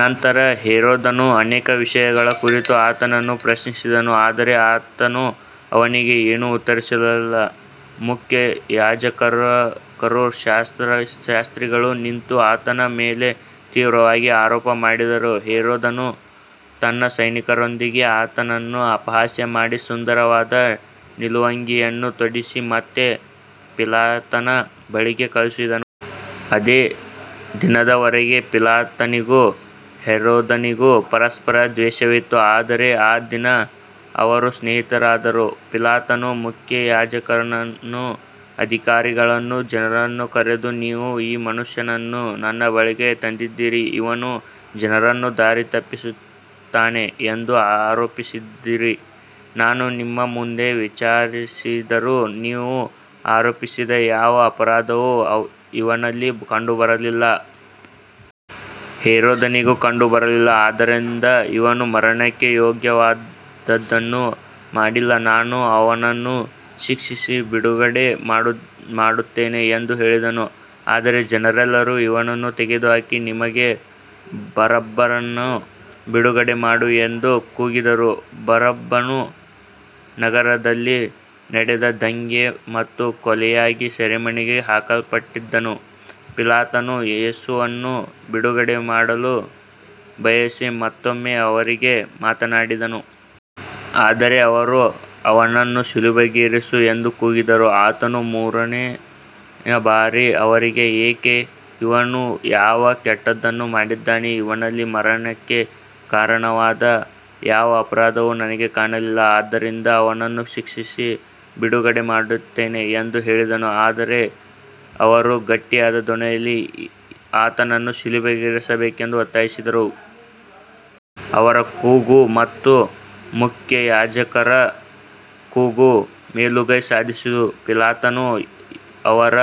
ನಂತರ ಹೆರೋದನು ಅನೇಕ ವಿಷಯಗಳ ಕುರಿತು ಆತನನ್ನು ಪ್ರಶ್ನಿಸಿದನು, ಆದರೆ ಆತನು ಅವನಿಗೆ ಏನೂ ಉತ್ತರಿಸಲಿಲ್ಲ. ಮುಖ್ಯಯಾಜಕರೂ ಶಾಸ್ತ್ರಿಗಳೂ ನಿಂತು ಆತನ ಮೇಲೆ ತೀವ್ರವಾಗಿ ಆರೋಪ ಮಾಡಿದರು. ಹೆರೋದನು ತನ್ನ ಸೈನಿಕರೊಂದಿಗೆ ಆತನನ್ನು ಅಪಹಾಸ್ಯ ಮಾಡಿ, ಸುಂದರವಾದ ನಿಲುವಂಗಿಯನ್ನು ತೊಡಿಸಿ ಮತ್ತೆ ಪಿಲಾತನ ಬಳಿಗೆ ಕಳುಹಿಸಿದನು. ಅದೇ ದಿನದವರೆಗೆ ಪಿಲಾತನಿಗೂ ಹೆರೋದನಿಗೂ ಪರಸ್ಪರ ದ್ವೇಷವಿತ್ತು, ಆದರೆ ಆ ದಿನ ಅವರು ಸ್ನೇಹಿತರಾದರು. ಪಿಲಾತನು ಮುಖ್ಯಯಾಜಕರನ್ನೂ ಅಧಿಕಾರಿಗಳನ್ನೂ ಜನರನ್ನೂ ಕರೆದು, ನೀವು ಈ ಮನುಷ್ಯನನ್ನು ನನ್ನ ಬಳಿಗೆ ತಂದಿದ್ದೀರಿ. ಇವನು ಜನರನ್ನು ದಾರಿ ತಪ್ಪಿಸುತ್ತಾನೆ ಎಂದು ಆರೋಪಿಸಿದ್ದೀರಿ. ನಾನು ನಿಮ್ಮ ಮುಂದೆ ವಿಚಾರಿಸಿದರೂ ನೀವು ಆರೋಪಿಸಿದ ಯಾವ ಅಪರಾಧವೂ ಇವನಲ್ಲಿ ಕಂಡುಬರಲಿಲ್ಲ. ಹೆರೋದನಿಗೂ ಕಂಡುಬಂದಿಲ್ಲ. ಆದ್ದರಿಂದ ಇವನು ಮರಣಕ್ಕೆ ಯೋಗ್ಯವಾದದ್ದನ್ನು ಮಾಡಿಲ್ಲ. ನಾನು ಅವನನ್ನು ಶಿಕ್ಷಿಸಿ ಬಿಡುಗಡೆ ಮಾಡುತ್ತೇನೆ ಎಂದು ಹೇಳಿದನು. ಆದರೆ ಜನರೆಲ್ಲರೂ, ಇವನನ್ನು ತೆಗೆದುಹಾಕಿ, ನಮಗೆ ಬರಬ್ಬನನ್ನು ಬಿಡುಗಡೆ ಮಾಡು ಎಂದು ಕೂಗಿದರು. ಬರಬ್ಬನು ನಗರದಲ್ಲಿ ನಡೆದ ದಂಗೆ ಮತ್ತು ಕೊಲೆಗಾಗಿ ಸೆರೆಮನೆಗೆ ಹಾಕಲ್ಪಟ್ಟಿದ್ದನು. ಪಿಲಾತನು ಯೇಸುವನ್ನು ಬಿಡುಗಡೆಮಾಡಲು ಬಯಸಿ ಮತ್ತೊಮ್ಮೆ ಅವರೊಂದಿಗೆ ಮಾತನಾಡಿದನು. ಆದರೆ ಅವರು, ಅವನನ್ನು ಶಿಲುಬೆಗೇರಿಸು ಎಂದು ಕೂಗಿದರು. ಆತನು ಮೂರನೆಯ ಬಾರಿ ಅವರಿಗೆ, ಏಕೆ, ಇವನು ಯಾವ ಕೆಟ್ಟದ್ದನ್ನು ಮಾಡಿದ್ದಾನೆ. ಇವನಲ್ಲಿ ಮರಣಕ್ಕೆ ಕಾರಣವಾದ ಯಾವ ಅಪರಾಧವೂ ನನಗೆ ಕಾಣಲಿಲ್ಲ. ಆದ್ದರಿಂದ ಅವನನ್ನು ಶಿಕ್ಷಿಸಿ ಬಿಡುಗಡೆ ಮಾಡುತ್ತೇನೆ ಎಂದು ಹೇಳಿದನು. ಆದರೆ ಅವರು ಗಟ್ಟಿಯಾದ ಧ್ವನಿಯಲ್ಲಿ ಆತನನ್ನು ಶಿಲುಬೆಗೇರಿಸಬೇಕೆಂದು ಒತ್ತಾಯಿಸಿದರು. ಅವರ ಕೂಗು ಮತ್ತು ಮುಖ್ಯಯಾಜಕರ ಕೂಗು ಮೇಲುಗೈ ಸಾಧಿಸಿತು. ಪಿಲಾತನು ಅವರ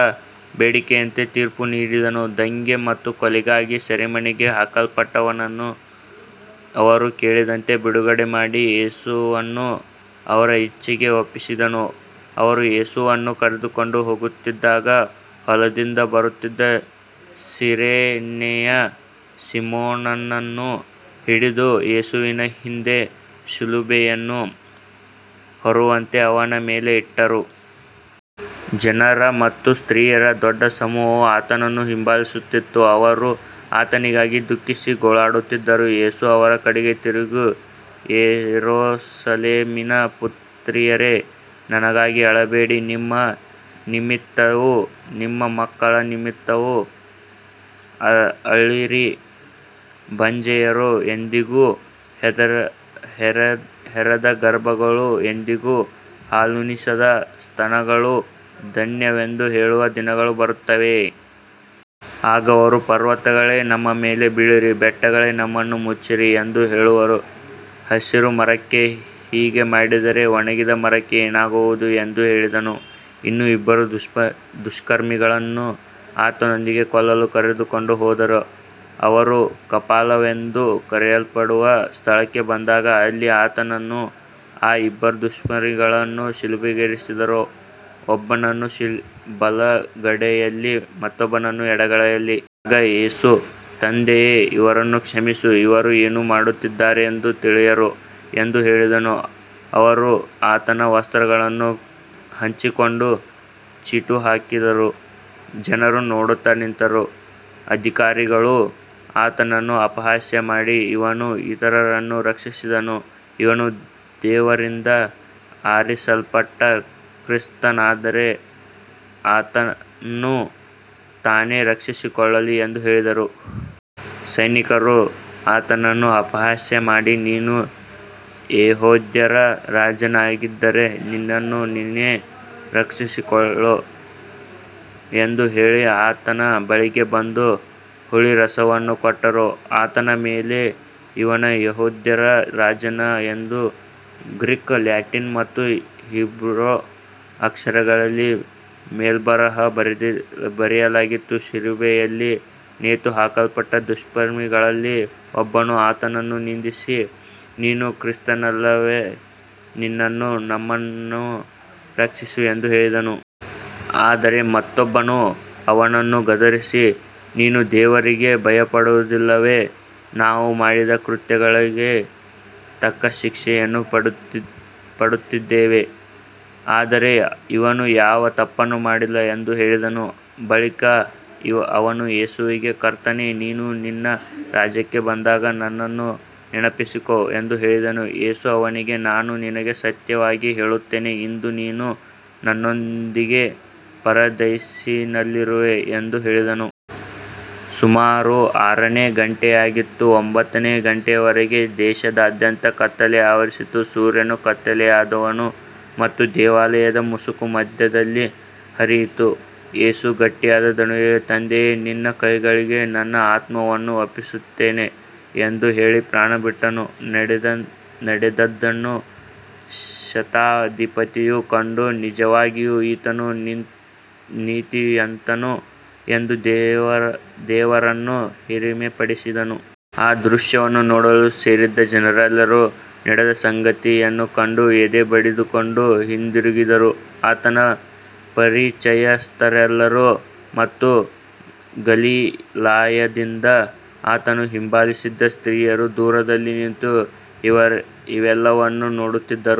ಬೇಡಿಕೆಯಂತೆ ತೀರ್ಪು ನೀಡಿದನು. ದಂಗೆ ಮತ್ತು ಕೊಲೆಗಾಗಿ ಸೆರೆಮನೆಗೆ ಹಾಕಲ್ಪಟ್ಟವನನ್ನು ಅವರು ಕೇಳಿದಂತೆ ಬಿಡುಗಡೆಮಾಡಿ, ಯೇಸುವನ್ನು ಅವರ ಇಚ್ಛೆಗೆ ಒಪ್ಪಿಸಿದನು. ಅವರು ಯೇಸುವನ್ನು ಕರೆದುಕೊಂಡು ಹೋಗುತ್ತಿದ್ದಾಗ, ಹೊಲದಿಂದ ಬರುತ್ತಿದ್ದ ಸಿರೇನೆಯ ಸೀಮೋನನನ್ನು ಹಿಡಿದು, ಯೇಸುವಿನ ಹಿಂದೆ ಶಿಲುಬೆಯನ್ನು ಹೊರುವಂತೆ ಅವನ ಮೇಲೆ ಇಟ್ಟರು. ಜನರ ಮತ್ತು ಸ್ತ್ರೀಯರ ದೊಡ್ಡ ಸಮೂಹವು ಆತನನ್ನು ಹಿಂಬಾಲಿಸುತ್ತಿತ್ತು. ಅವರು ಆತನಿಗಾಗಿ ದುಃಖಿಸಿ ಗೋಳಾಡುತ್ತಿದ್ದರು. ಯೇಸು ಅವರ ಕಡೆಗೆ ತಿರುಗಿ, ಯೆರೂಸಲೇಮಿನ ಪುತ್ರಿಯರೇ, ನನಗಾಗಿ ಅಳಬೇಡಿ, ನಿಮ್ಮ ನಿಮಿತ್ತವೂ ನಿಮ್ಮ ಮಕ್ಕಳ ನಿಮಿತ್ತವೂ ಅಳಿರಿ. ಬಂಜೆಯರೂ, ಎಂದಿಗೂ ಹೆರದ ಗರ್ಭಗಳೂ, ಎಂದಿಗೂ ಹಾಲುಣಿಸದ ಸ್ತನಗಳೂ ಧನ್ಯವೆಂದು ಹೇಳುವ ದಿನಗಳು ಬರುತ್ತವೆ. ಆಗ ಅವರು ಪರ್ವತಗಳೇ, ನಮ್ಮ ಮೇಲೆ ಬೀಳಿರಿ, ಬೆಟ್ಟಗಳೇ, ನಮ್ಮನ್ನು ಮುಚ್ಚಿರಿ ಎಂದು ಹೇಳುವರು. ಹಸಿರು ಮರಕ್ಕೆ ಹೀಗೆ ಮಾಡಿದರೆ ಒಣಗಿದ ಮರಕ್ಕೆ ಏನಾಗುವುದು ಎಂದು ಹೇಳಿದನು. ಇನ್ನೂ ಇಬ್ಬರು ದುಷ್ಕರ್ಮಿಗಳನ್ನು ಆತನೊಂದಿಗೆ ಕೊಲ್ಲಲು ಕರೆದುಕೊಂಡು ಹೋದರು. ಅವರು ಕಪಾಲವೆಂದು ಕರೆಯಲ್ಪಡುವ ಸ್ಥಳಕ್ಕೆ ಬಂದಾಗ, ಅಲ್ಲಿ ಆತನನ್ನೂ ಆ ಇಬ್ಬರು ದುಷ್ಕರ್ಮಿಗಳನ್ನೂ ಶಿಲುಬೆಗೇರಿಸಿದರು, ಒಬ್ಬನನ್ನು ಬಲಗಡೆಯಲ್ಲಿ ಮತ್ತೊಬ್ಬನನ್ನು ಎಡಗಡೆಯಲ್ಲಿ. ಆಗ ಯೇಸು, ತಂದೆಯೇ, ಇವರನ್ನು ಕ್ಷಮಿಸು, ಇವರು ಏನು ಮಾಡುತ್ತಿದ್ದಾರೆಂದು ತಿಳಿಯರು ಎಂದು ಹೇಳಿದನು. ಅವರು ಆತನ ವಸ್ತ್ರಗಳನ್ನು ಹಂಚಿಕೊಂಡು ಚೀಟು ಹಾಕಿದರು. ಜನರು ನೋಡುತ್ತಾ ನಿಂತರು. ಅಧಿಕಾರಿಗಳೂ ಆತನನ್ನು ಅಪಹಾಸ್ಯ ಮಾಡಿ, ಇವನು ಇತರರನ್ನು ರಕ್ಷಿಸಿದನು. ಇವನು ದೇವರಿಂದ ಆರಿಸಲ್ಪಟ್ಟ ಕ್ರಿಸ್ತನಾದರೆ ತನ್ನನ್ನು ತಾನೇ ರಕ್ಷಿಸಿಕೊಳ್ಳಲಿ ಎಂದು ಹೇಳಿದರು. ಸೈನಿಕರೂ ಆತನನ್ನು ಅಪಹಾಸ್ಯ ಮಾಡಿ, ನೀನು ಯೆಹೂದ್ಯರ ರಾಜನಾಗಿದ್ದರೆ ನಿನ್ನನ್ನು ನೀನೇ ರಕ್ಷಿಸಿಕೋ ಎಂದು ಹೇಳಿ ಆತನ ಬಳಿಗೆ ಬಂದು ಹುಳಿರಸವನ್ನು ಕೊಟ್ಟರು. ಆತನ ಮೇಲೆ, ಇವನು ಯೆಹೂದ್ಯರ ರಾಜನು ಎಂದು ಗ್ರೀಕ್, ಲ್ಯಾಟಿನ್ ಮತ್ತು ಹೀಬ್ರೂ ಅಕ್ಷರಗಳಲ್ಲಿ ಮೇಲ್ಬರಹ ಬರೆಯಲಾಗಿತ್ತು. ಶಿಲುಬೆಯಲ್ಲಿ ನೇತುಹಾಕಲ್ಪಟ್ಟ ದುಷ್ಕರ್ಮಿಗಳಲ್ಲಿ ಒಬ್ಬನು ಆತನನ್ನು ನಿಂದಿಸಿ, ನೀನು ಕ್ರಿಸ್ತನಲ್ಲವೇ, ನಿನ್ನನ್ನೂ ನಮ್ಮನ್ನೂ ರಕ್ಷಿಸು ಎಂದು ಹೇಳಿದನು. ಆದರೆ ಮತ್ತೊಬ್ಬನು ಅವನನ್ನು ಗದರಿಸಿ, ನೀನು ದೇವರಿಗೆ ಭಯಪಡುವುದಿಲ್ಲವೇ. ನಾವು ಮಾಡಿದ ಕೃತ್ಯಗಳಿಗೆ ತಕ್ಕ ಶಿಕ್ಷೆಯನ್ನು ಪಡೆಯುತ್ತಿದ್ದೇವೆ. ಆದರೆ ಇವನು ಯಾವ ತಪ್ಪನ್ನೂ ಮಾಡಿಲ್ಲ ಎಂದು ಹೇಳಿದನು. ಬಳಿಕ ಅವನು ಯೇಸುವಿಗೆ, ಕರ್ತನೇ, ನೀನು ನಿನ್ನ ರಾಜ್ಯಕ್ಕೆ ಬಂದಾಗ ನನ್ನನ್ನು ನೆನಪಿಸಿಕೋ ಎಂದು ಹೇಳಿದನು. ಯೇಸು ಅವನಿಗೆ, ನಾನು ನಿನಗೆ ಸತ್ಯವಾಗಿ ಹೇಳುತ್ತೇನೆ, ಇಂದು ನೀನು ನನ್ನೊಂದಿಗೆ ಪರದೈಸಿನಲ್ಲಿರುವೆ ಎಂದು ಹೇಳಿದನು. ಸುಮಾರು ಆರನೇ ಗಂಟೆಯಾಗಿತ್ತು. ಒಂಬತ್ತನೇ ಗಂಟೆಯವರೆಗೆ ದೇಶದಾದ್ಯಂತ ಕತ್ತಲೆ ಆವರಿಸಿತು. ಸೂರ್ಯನು ಕತ್ತಲೆಯಾದನು ಮತ್ತು ದೇವಾಲಯದ ಮುಸುಕು ಮಧ್ಯದಲ್ಲಿ ಹರಿಯಿತು. ಯೇಸು ಗಟ್ಟಿಯಾದ ಧ್ವನಿಯಲ್ಲಿ, ತಂದೆಯೇ, ನಿನ್ನ ಕೈಗಳಿಗೆ ನನ್ನ ಆತ್ಮವನ್ನು ಒಪ್ಪಿಸುತ್ತೇನೆ ಎಂದು ಹೇಳಿ ಪ್ರಾಣಬಿಟ್ಟನು. ನಡೆದದ್ದನ್ನು ಶತಾಧಿಪತಿಯು ಕಂಡು, ನಿಜವಾಗಿಯೂ ಈತನು ನೀತಿವಂತನು ಎಂದು ದೇವರನ್ನು ಮಹಿಮೆಪಡಿಸಿದನು. ಆ ದೃಶ್ಯವನ್ನು ನೋಡಲು ಸೇರಿದ್ದ ಜನರೆಲ್ಲರೂ ನಡೆದ ಸಂಗತಿಗಳನ್ನು ಕಂಡು ಎದೆ ಬಡಿದುಕೊಂಡು ಹಿಂದಿರುಗಿದರು. ಆತನ ಪರಿಚಯಸ್ಥರೆಲ್ಲರೂ ಮತ್ತು ಗಲಿಲಾಯದಿಂದ ಆತನನ್ನು ಹಿಂಬಾಲಿಸಿದ್ದ ಸ್ತ್ರೀಯರೂ ದೂರದಲ್ಲಿ ನಿಂತು ಇವೆಲ್ಲವನ್ನೂ ನೋಡುತ್ತಿದ್ದರು.